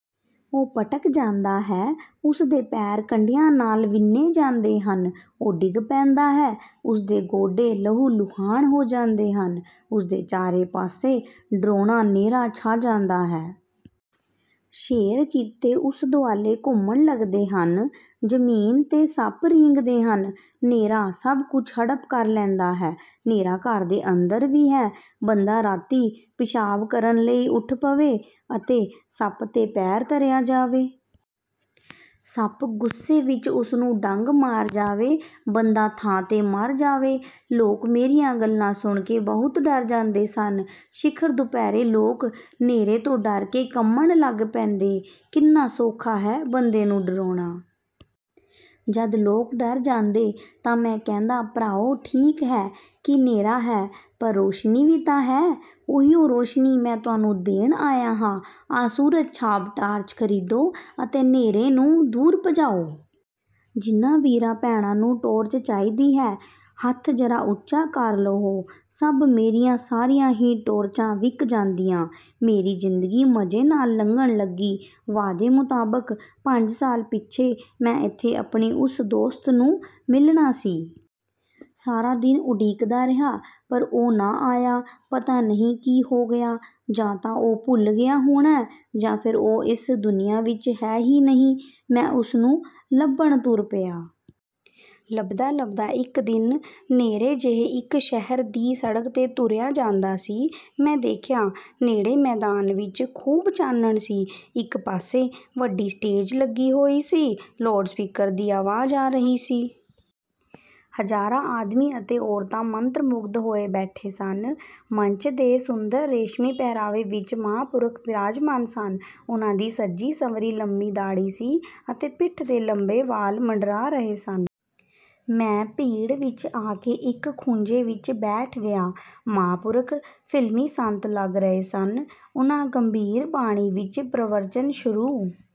ਉਹ ਭਟਕ ਜਾਂਦਾ ਹੈ। ਉਸ ਦੇ ਪੈਰ ਕੰਡਿਆਂ ਨਾਲ ਵਿੰਨ੍ਹੇ ਜਾਂਦੇ ਹਨ। ਉਹ ਡਿੱਗ ਪੈਂਦਾ ਹੈ। ਉਸ ਦੇ ਗੋਡੇ ਲਹੂ ਲੁਹਾਣ ਹੋ ਜਾਂਦੇ ਹਨ। ਉਸ ਦੇ ਚਾਰੇ ਪਾਸੇ ਡਰਾਉਣਾ ਨ੍ਹੇਰਾ ਛਾ ਜਾਂਦਾ ਹੈ। ਸ਼ੇਰ ਚੀਤੇ ਉਸ ਦੁਆਲੇ ਘੁੰਮਣ ਲੱਗਦੇ ਹਨ। ਜ਼ਮੀਨ 'ਤੇ ਸੱਪ ਰੀਂਗਦੇ ਹਨ। ਨ੍ਹੇਰਾ ਸਭ ਕੁਝ ਹੜੱਪ ਕਰ ਲੈਂਦਾ ਹੈ। ਨ੍ਹੇਰਾ ਘਰ ਦੇ ਅੰਦਰ ਵੀ ਹੈ। ਬੰਦਾ ਰਾਤੀਂ ਪਿਸ਼ਾਬ ਕਰਨ ਉੱਠ ਪਵੇ ਅਤੇ ਸੱਪ 'ਤੇ ਪੈਰ ਧਰਿਆ ਜਾਵੇ। ਸੱਪ ਗੁੱਸੇ ਵਿੱਚ ਉਸ ਨੂੰ ਡੰਗ ਮਾਰ ਜਾਵੇ। ਬੰਦਾ ਥਾਂ 'ਤੇ ਮਰ ਜਾਵੇ। ਲੋਕ ਮੇਰੀਆਂ ਗੱਲਾਂ ਸੁਣ ਕੇ ਬਹੁਤ ਡਰ ਜਾਂਦੇ ਸਨ। ਸਿਖਰ ਦੁਪਹਿਰੇ ਲੋਕ ਨ੍ਹੇਰੇ ਤੋਂ ਡਰ ਕੇ ਕੰਬਣ ਲੱਗ ਪੈਂਦੇ। ਕਿੰਨਾ ਸੌਖਾ ਹੈ ਬੰਦੇ ਨੂੰ ਡਰਾਉਣਾ? ਜਦ ਲੋਕ ਡਰ ਜਾਂਦੇ ਤਾਂ ਮੈਂ ਕਹਿੰਦਾ, "ਭਰਾਓ ਠੀਕ ਹੈ ਕਿ ਨ੍ਹੇਰਾ ਹੈ। ਪਰ ਰੌਸ਼ਨੀ ਵੀ ਤਾਂ ਹੈ। ਉਹੀ ਰੌਸ਼ਨੀ ਮੈਂ ਤੁਹਾਨੂੰ ਦੇਣ ਆਇਆ ਹਾਂ। ਆਹ ਸੂਰਜ ਛਾਪ ਟਾਰਚ ਖਰੀਦੋ ਅਤੇ ਨ੍ਹੇਰੇ ਨੂੰ ਦੂਰ ਭਜਾਓ। ਜਿਨ੍ਹਾਂ ਵੀਰਾਂ ਭੈਣਾਂ ਨੂੰ ਟਾਰਚ ਚਾਹੀਦੀ ਹੈ, ਹੱਥ ਜ਼ਰਾ ਉੱਚਾ ਕਰ ਲਓ।" ਸਾਬ੍ਹ ਮੇਰੀਆਂ ਸਾਰੀਆਂ ਹੀ ਟਾਰਚਾਂ ਵਿਕ ਜਾਂਦੀਆਂ। ਮੇਰੀ ਜ਼ਿੰਦਗੀ ਮਜ਼ੇ ਨਾਲ ਲੰਘਣ ਲੱਗੀ। ਵਾਅਦੇ ਮੁਤਾਬਿਕ ਪੰਜ ਸਾਲ ਪਿੱਛੋਂ ਮੈਂ ਇੱਥੇ ਆਪਣੇ ਉਸ ਦੋਸਤ ਨੂੰ ਮਿਲਣਾ ਸੀ। ਸਾਰਾ ਦਿਨ ਉਡੀਕਦਾ ਰਿਹਾ, ਪਰ ਉਹ ਨਾ ਆਇਆ। ਪਤਾ ਨਹੀਂ ਕੀ ਹੋ ਗਿਆ। ਜਾਂ ਤਾਂ ਉਹ ਭੁੱਲ ਗਿਆ ਹੋਣਾ। ਜਾਂ ਫਿਰ ਉਹ ਇਸ ਦੁਨੀਆਂ ਵਿੱਚ ਹੈ ਹੀ ਨਹੀਂ। ਮੈਂ ਉਸ ਨੂੰ ਲੱਭਣ ਤੁਰ ਪਿਆ। ਲੱਭਦਾ ਲੱਭਦਾ, ਇਕ ਦਿਨ ਨ੍ਹੇਰੇ ਜਿਹੇ ਇਕ ਸ਼ਹਿਰ ਦੀ ਸੜਕ 'ਤੇ ਤੁਰਿਆ ਜਾਂਦਾ ਸੀ। ਮੈਂ ਦੇਖਿਆ, ਨੇੜੇ ਮੈਦਾਨ ਵਿੱਚ ਖ਼ੂਬ ਚਾਨਣ ਸੀ। ਇਕ ਪਾਸੇ ਵੱਡੀ ਸਟੇਜ ਲੱਗੀ ਹੋਈ ਸੀ। ਲਾਊਡ ਸਪੀਕਰ ਦੀ ਆਵਾਜ਼ ਆ ਰਹੀ ਸੀ। ਹਜ਼ਾਰਾਂ ਆਦਮੀ ਅਤੇ ਔਰਤਾਂ ਮੰਤਰ ਮੁਗਧ ਹੋਏ ਬੈਠੇ ਸਨ। ਮੰਚ 'ਤੇ ਸੁੰਦਰ ਰੇਸ਼ਮੀ ਪਹਿਰਾਵੇ ਵਿੱਚ ਮਹਾਂਪੁਰਖ ਬਿਰਾਜਮਾਨ ਸਨ। ਉਨ੍ਹਾਂ ਦੀ ਸਜੀ ਸੰਵਰੀ ਲੰਮੀ ਦਾੜ੍ਹੀ ਸੀ ਅਤੇ ਪਿੱਠ 'ਤੇ ਲੰਬੇ ਵਾਲ ਮੰਡਰਾ ਰਹੇ ਸਨ। ਮੈਂ ਭੀੜ ਵਿੱਚ ਆ ਕੇ ਇਕ ਖੂੰਜੇ ਵਿੱਚ ਬੈਠ ਗਿਆ। ਮਹਾਂਪੁਰਖ ਫ਼ਿਲਮੀ ਸੰਤ ਲੱਗ ਰਹੇ ਸਨ। ਉਨ੍ਹਾਂ ਗੰਭੀਰ ਬਾਣੀ ਵਿੱਚ ਪ੍ਰਵਚਨ ਸ਼ੁਰੂ